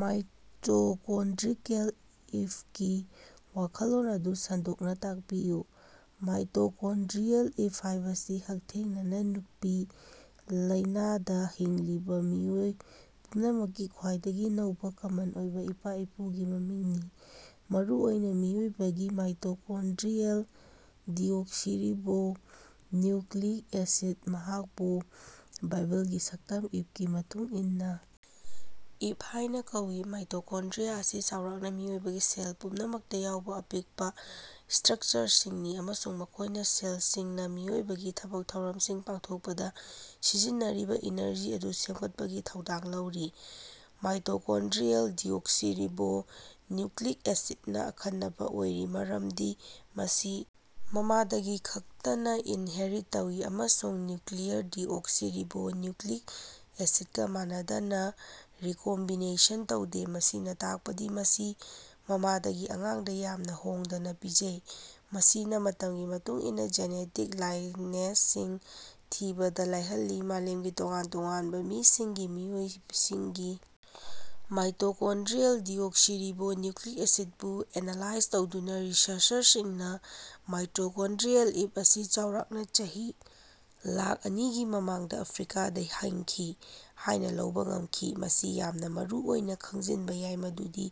Mitochondrial ꯏꯞꯀꯤ ꯋꯥꯈꯜꯂꯣꯟ ꯑꯗꯨ ꯁꯟꯗꯣꯛꯅꯥ ꯇꯥꯛꯄꯤꯌꯨ꯫ ꯃꯥꯏꯇꯣꯀꯣꯟꯗ꯭ꯔꯤꯑꯦꯜ ꯏꯞ ꯍꯥꯏꯕꯁꯤ ꯍꯛꯊꯦꯡꯅꯅꯥ ꯅꯨꯄꯤ ꯂꯥꯏꯟꯗꯥ ꯍꯤꯡꯂꯤꯕꯥ ꯃꯤꯑꯣꯏ ꯄꯨꯝꯅꯃꯛꯀꯤ ꯈ꯭ꯋꯥꯏꯗꯒꯤ ꯅꯧꯕꯥ ꯀꯃꯟ ꯑꯣꯏꯕꯥ ꯏꯄꯥ-ꯏꯄꯨꯒꯤ ꯃꯃꯤꯡꯅꯤ, ꯃꯔꯨꯑꯣꯏꯅꯥ ꯃꯤꯑꯣꯏꯕꯒꯤ ꯃꯥꯏꯇꯣꯀꯣꯟꯗ꯭ꯔꯤꯑꯦꯜ ꯗꯤꯑꯣꯛꯁꯤꯔꯤꯕꯣ ꯅꯤꯎꯀ꯭ꯂꯤꯛ ꯑꯦꯁꯤꯠ ꯃꯍꯥꯛꯄꯨ ꯕꯥꯏꯕꯜꯒꯤ ꯁꯛꯇꯝ ꯏꯞꯒꯤ ꯃꯇꯨꯡ ꯏꯟꯅꯥ "ꯏꯞ" ꯍꯥꯏꯅꯥ ꯀꯧꯏ꯫ ꯃꯥꯏꯇꯣꯀꯣꯟꯗ꯭ꯔꯤꯌꯥ ꯑꯁꯤ ꯆꯥꯎꯔꯥꯛꯅꯥ ꯃꯤꯑꯣꯏꯕꯒꯤ ꯁꯦꯜ ꯄꯨꯝꯅꯃꯛꯇꯥ ꯌꯥꯎꯕꯥ ꯑꯄꯤꯛꯄꯥ ꯏꯁꯇ꯭ꯔꯛꯆꯔꯁꯤꯡꯅꯤ ꯑꯃꯁꯨꯡ ꯃꯈꯣꯏꯅꯥ ꯁꯦꯜꯁꯤꯡꯅꯥ ꯃꯈꯣꯏꯒꯤ ꯊꯕꯛ ꯊꯧꯔꯝꯁꯤꯡ ꯄꯥꯡꯊꯣꯛꯄꯗꯥ ꯁꯤꯖꯤꯟꯅꯔꯤꯕꯥ ꯏꯅꯔꯖꯤ ꯑꯗꯨ ꯁꯦꯝꯒꯠꯄꯒꯤ ꯊꯧꯗꯥꯡ ꯂꯧꯔꯤ꯫ ꯃꯥꯏꯇꯣꯀꯣꯟꯗ꯭ꯔꯤꯑꯦꯜ ꯗꯤꯑꯣꯛꯁꯤꯔꯤꯕꯣ ꯅꯤꯎꯀ꯭ꯂꯤꯛ ꯑꯦꯁꯤꯠꯅꯥ ꯑꯈꯟꯅꯕꯥ ꯑꯣꯏꯔꯤ ꯃꯔꯝꯗꯤ ꯃꯁꯤ ꯃꯃꯥꯗꯒꯤ ꯈꯛꯇꯅꯥ ꯏꯟꯍꯦꯔꯤꯠ ꯇꯧꯏ ꯑꯃꯁꯨꯡ ꯅ꯭ꯌꯨꯀ꯭ꯂꯤꯌꯔ ꯗꯤꯑꯣꯛꯁꯤꯔꯤꯕꯣ ꯅꯤꯎꯀ꯭ꯂꯤꯛ ꯑꯦꯁꯤꯠꯒꯥ ꯃꯥꯟꯅꯗꯅꯥ, ꯔꯤꯀꯣꯝꯕꯤꯅꯦꯁꯟ ꯇꯧꯗꯦ꯫ ꯃꯁꯤꯅꯥ ꯇꯥꯛꯄꯗꯤ ꯃꯁꯤ ꯃꯃꯥꯗꯒꯤ ꯑꯉꯥꯡꯗꯥ ꯌꯥꯝꯅꯥ ꯍꯣꯡꯗꯅꯥ ꯄꯤꯖꯩ, ꯃꯁꯤꯅꯥ ꯃꯇꯝꯒꯤ ꯃꯇꯨꯡ ꯏꯟꯅꯥ ꯖꯦꯅꯦꯇꯤꯛ ꯂꯥꯏꯅꯦꯖꯁꯤꯡ ꯊꯤꯕꯗꯥ ꯂꯥꯏꯍꯜꯂꯤ꯫ ꯃꯥꯂꯦꯝꯒꯤ ꯇꯣꯉꯥꯟ ꯇꯣꯉꯥꯟꯕꯥ ꯃꯤꯁꯤꯡꯒꯤ ꯃꯤꯑꯣꯏꯁꯤꯡꯒꯤ ꯃꯥꯏꯇꯣꯀꯣꯟꯗ꯭ꯔꯤꯑꯦꯜ ꯗꯤꯑꯣꯛꯁꯤꯔꯤꯕꯣ ꯅꯤꯎꯀ꯭ꯂꯤꯛ ꯑꯦꯁꯤꯠꯕꯨ ꯑꯦꯅꯥꯂꯥꯏꯖ ꯇꯧꯗꯨꯅꯥ ꯔꯤꯁꯔꯆꯔꯁꯤꯡꯅꯥ ꯃꯥꯏꯇꯣꯀꯣꯟꯗ꯭ꯔꯤꯑꯦꯜ ꯏꯞ ꯑꯁꯤ ꯆꯥꯎꯔꯥꯛꯅꯥ ꯆꯍꯤ ꯂꯥꯛ ꯑꯅꯤꯒꯤ ꯃꯃꯥꯡꯗꯥ, ꯑꯐ꯭ꯔꯤꯀꯥꯗꯥ ꯍꯤꯡꯈꯤ ꯍꯥꯏꯅꯥ ꯂꯧꯕꯥ ꯉꯝꯈꯤ꯫ ꯃꯁꯤ ꯌꯥꯝꯅꯥ ꯃꯔꯨꯑꯣꯏꯅꯥ ꯈꯪꯖꯤꯟꯕꯥ ꯌꯥꯏ ꯃꯗꯨꯗꯤ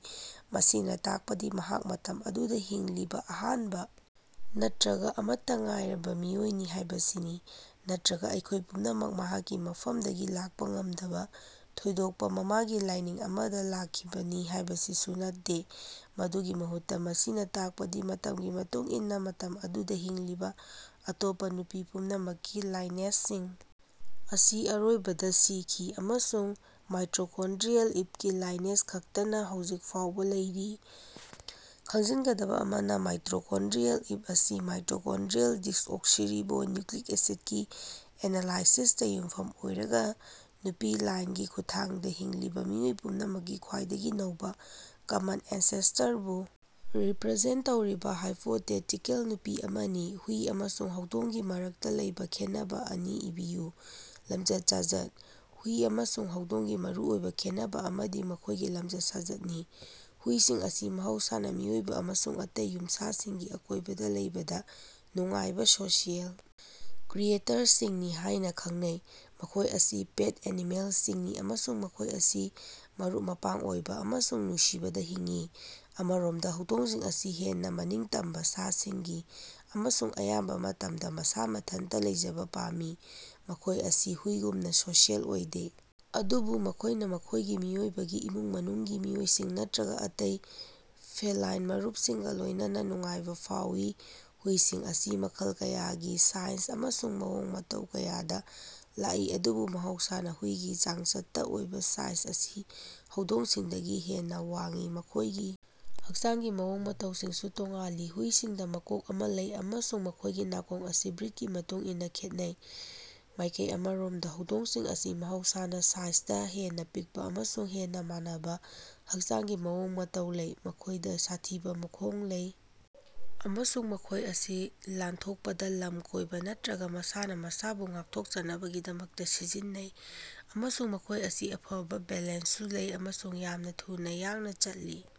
ꯃꯁꯤꯅꯥ ꯇꯥꯛꯄꯗꯤ ꯃꯍꯥꯛ ꯃꯇꯝ ꯑꯗꯨꯗꯥ ꯍꯤꯡꯂꯤꯕꯥ ꯑꯍꯥꯟꯕꯥ ꯅꯠꯇ꯭ꯔꯒꯥ ꯑꯃꯠꯇꯥ ꯉꯥꯏꯔꯕꯥ ꯃꯤꯑꯣꯏꯅꯤ ꯍꯥꯏꯕꯁꯤꯅꯤ, ꯅꯠꯇ꯭ꯔꯒꯥ ꯑꯩꯈꯣꯏ ꯄꯨꯝꯅꯃꯛ ꯃꯍꯥꯛꯀꯤ ꯃꯐꯝꯗꯒꯤ ꯂꯥꯛꯄꯥ ꯉꯝꯗꯕꯥ, ꯊꯣꯏꯗꯣꯛꯄꯥ ꯃꯃꯥꯒꯤ ꯂꯥꯏꯅꯤꯡ ꯑꯃꯗꯥ ꯂꯥꯛꯈꯤꯕꯅꯤ ꯍꯥꯏꯕꯁꯤꯁꯨ ꯅꯠꯇꯦ꯫ ꯃꯗꯨꯒꯤ ꯃꯍꯨꯠꯇꯥ, ꯃꯁꯤꯅꯥ ꯇꯥꯛꯄꯗꯤ ꯃꯇꯝꯒꯤ ꯃꯇꯨꯡ ꯏꯟꯅꯥ ꯃꯇꯝ ꯑꯗꯨꯗꯥ ꯍꯤꯡꯂꯤꯕꯥ ꯑꯇꯣꯞꯄꯥ ꯅꯨꯄꯤ ꯄꯨꯝꯅꯃꯛꯀꯤ ꯂꯥꯏꯅꯦꯖꯁꯤꯡ ꯑꯁꯤ ꯑꯔꯣꯏꯕꯗꯥ ꯁꯤꯈꯤ ꯑꯃꯁꯨꯡ ꯃꯥꯏꯇꯣꯀꯣꯟꯗ꯭ꯔꯤꯑꯦꯜ ꯏꯞꯒꯤ ꯂꯥꯏꯅꯦꯖ ꯈꯛꯇꯅꯥ ꯍꯧꯖꯤꯛ ꯐꯥꯎꯕꯥ ꯂꯩꯔꯤ꯫ ꯈꯪꯖꯤꯟꯒꯗꯕꯥ ꯑꯃꯅꯥ, ꯃꯥꯏꯇꯣꯀꯣꯟꯗ꯭ꯔꯤꯑꯦꯜ ꯏꯞ ꯑꯁꯤ ꯃꯥꯏꯇꯣꯀꯣꯟꯗ꯭ꯔꯤꯑꯦꯜ ꯗꯤꯑꯣꯛꯁꯤꯔꯤꯕꯣ ꯅꯤꯎꯀ꯭ꯂꯤꯛ ꯑꯦꯁꯤꯠꯒꯤ ꯑꯦꯅꯥꯂꯥꯏꯁꯤꯁꯇꯥ ꯌꯨꯝꯐꯝ ꯑꯣꯏꯔꯒꯥ, ꯅꯨꯄꯤ ꯂꯥꯏꯟꯒꯤ ꯈꯨꯠꯊꯥꯡꯗꯥ ꯍꯤꯡꯂꯤꯕꯥ ꯃꯤꯑꯣꯏ ꯄꯨꯝꯅꯃꯛꯀꯤ ꯈ꯭ꯋꯥꯏꯗꯒꯤ ꯅꯧꯕꯥ ꯀꯃꯟ ꯑꯦꯟꯁꯦꯁꯇꯔꯕꯨ ꯔꯤꯄ꯭ꯔꯖꯦꯟꯇ ꯇꯧꯔꯤꯕꯥ ꯍꯥꯏꯄꯣꯇꯦꯇꯤꯀꯜ ꯅꯨꯄꯤ ꯑꯃꯅꯤ꯫ ꯍꯨꯏ ꯑꯃꯁꯨꯡ ꯍꯧꯗꯣꯡꯒꯤ ꯃꯔꯛꯇꯥ ꯂꯩꯕꯥ ꯈꯦꯠꯅꯕꯥ ꯑꯅꯤ ꯏꯕꯤꯌꯨ꯫ ꯂꯃꯆꯠ-ꯁꯥꯖꯠ: ꯍꯨꯏ ꯑꯃꯁꯨꯡ ꯍꯧꯗꯣꯡꯒꯤ ꯃꯔꯨꯑꯣꯏꯕꯥ ꯈꯦꯠꯅꯕꯥ ꯑꯃꯗꯤ ꯃꯈꯣꯏꯒꯤ ꯂꯃꯆꯠ-ꯁꯥꯖꯠꯅꯤ꯫ ꯍꯨꯏꯁꯤꯡ ꯑꯁꯤ ꯃꯍꯧꯁꯥꯅꯥ ꯃꯤꯑꯣꯏꯕꯥ ꯑꯃꯁꯨꯡ ꯑꯇꯩ ꯌꯨꯝꯁꯥꯁꯤꯡꯒꯤ ꯑꯀꯣꯏꯕꯗꯥ ꯂꯩꯕꯗꯥ ꯅꯨꯡꯉꯥꯏꯕꯥ ꯁꯣꯁꯤꯑꯦꯜ ꯀ꯭ꯔꯤꯌꯦꯇꯔꯁꯤꯡꯅꯤ ꯍꯥꯏꯅꯥ ꯈꯪꯅꯩ꯫ ꯃꯈꯣꯏ ꯑꯁꯤ ꯄꯦꯠ ꯑꯦꯅꯤꯃꯦꯜꯁꯤꯡꯅꯤ ꯑꯃꯁꯨꯡ ꯃꯈꯣꯏ ꯑꯁꯤ ꯃꯔꯨꯞ-ꯃꯄꯥꯡ ꯑꯣꯏꯕꯥ ꯑꯃꯁꯨꯡ ꯅꯨꯡꯁꯤꯕꯗꯥ ꯍꯤꯡꯏ꯫ ꯑꯃꯔꯣꯝꯗꯥ, ꯍꯧꯗꯣꯡꯁꯤꯡ ꯑꯁꯤ ꯍꯦꯟꯅꯥ ꯃꯅꯤꯡꯇꯝꯕꯥ ꯁꯥꯁꯤꯡꯅꯤ ꯑꯃꯁꯨꯡ ꯑꯌꯥꯝꯕꯥ ꯃꯇꯝꯗꯥ ꯃꯁꯥ ꯃꯊꯟꯇꯥ ꯂꯩꯖꯕꯥ ꯄꯥꯝꯃꯤ꯫ ꯃꯈꯣꯏ ꯑꯁꯤ ꯍꯨꯏꯒꯨꯝꯅꯥ ꯁꯣꯁꯤꯑꯦꯜ ꯑꯣꯏꯗꯦ ꯑꯗꯨꯕꯨ ꯃꯈꯣꯏꯅꯥ ꯃꯈꯣꯏꯒꯤ ꯃꯤꯑꯣꯏꯕꯒꯤ ꯏꯃꯨꯡ-ꯃꯅꯨꯡꯒꯤ ꯃꯤꯑꯣꯏꯁꯤꯡ ꯅꯠꯇ꯭ꯔꯒꯥ ꯑꯇꯩ ꯐꯦꯂꯥꯏꯟ ꯃꯔꯨꯞꯁꯤꯡꯒꯥ ꯂꯣꯏꯅꯅꯥ ꯅꯨꯡꯉꯥꯏꯕꯥ ꯐꯥꯎꯏ꯫ ꯍꯨꯏꯁꯤꯡ ꯑꯁꯤ ꯃꯈꯜ ꯀꯌꯥꯒꯤ, ꯁꯥꯏꯖ ꯑꯃꯁꯨꯡ ꯃꯑꯣꯡ-ꯃꯇꯧ ꯀꯌꯥꯗꯥ ꯂꯥꯛꯏ, ꯑꯗꯨꯕꯨ ꯃꯍꯧꯁꯥꯅꯥ, ꯍꯨꯏꯒꯤ ꯆꯥꯡꯆꯠꯇꯥ ꯑꯣꯏꯕꯥ ꯁꯥꯏꯖ ꯑꯁꯤ ꯍꯧꯗꯣꯡꯁꯤꯡꯗꯒꯤ ꯍꯦꯟꯅꯥ ꯋꯥꯡꯏ꯫ ꯃꯈꯣꯏꯒꯤ ꯍꯛꯆꯥꯡꯒꯤ ꯃꯑꯣꯡ-ꯃꯇꯧꯁꯤꯡꯁꯨ ꯇꯣꯉꯥꯜꯂꯤ, ꯍꯨꯏꯁꯤꯡꯗꯥ ꯃꯀꯣꯛ ꯑꯃꯥ ꯂꯩ ꯑꯃꯁꯨꯡ ꯃꯈꯣꯏꯒꯤ ꯅꯥꯀꯣꯡ ꯑꯁꯤ ꯕ꯭ꯔꯤꯠꯀꯤ ꯃꯇꯨꯡ ꯏꯟꯅꯥ ꯈꯦꯠꯅꯩ꯫ ꯃꯥꯏꯀꯩ ꯑꯃꯔꯣꯝꯗꯥ, ꯍꯧꯗꯣꯡꯁꯤꯡ ꯑꯁꯤ ꯃꯍꯧꯁꯥꯅꯥ ꯁꯥꯏꯖꯗꯥ ꯍꯦꯟꯅꯥ ꯄꯤꯛꯄꯥ ꯑꯃꯁꯨꯡ ꯍꯦꯟꯅꯥ ꯃꯥꯟꯅꯕꯥ ꯍꯛꯆꯥꯡꯒꯤ ꯃꯑꯣꯡ-ꯃꯇꯧ ꯂꯩ꯫ ꯃꯈꯣꯏꯗꯥ ꯁꯥꯊꯤꯕꯥ ꯃꯈꯣꯡ ꯂꯩ ꯑꯃꯁꯨꯡ ꯃꯈꯣꯏ ꯑꯁꯤ ꯂꯥꯟꯊꯣꯛꯄꯗꯥ, ꯂꯝ ꯀꯣꯏꯕꯥ ꯅꯠꯇ꯭ꯔꯒꯥ ꯃꯁꯥꯅꯥ ꯃꯁꯥꯕꯨ ꯉꯥꯛꯊꯣꯛꯆꯅꯕꯒꯤꯗꯃꯛꯇꯥ ꯁꯤꯖꯤꯟꯅꯩ, ꯑꯃꯁꯨꯡ ꯃꯈꯣꯏ ꯑꯁꯤ ꯑꯐꯕꯥ ꯕꯦꯂꯦꯟꯁꯁꯨ ꯂꯩ ꯑꯃꯁꯨꯡ ꯌꯥꯝꯅꯥ ꯊꯨꯅꯥ ꯌꯥꯡꯅꯥ ꯆꯠꯂꯤ꯫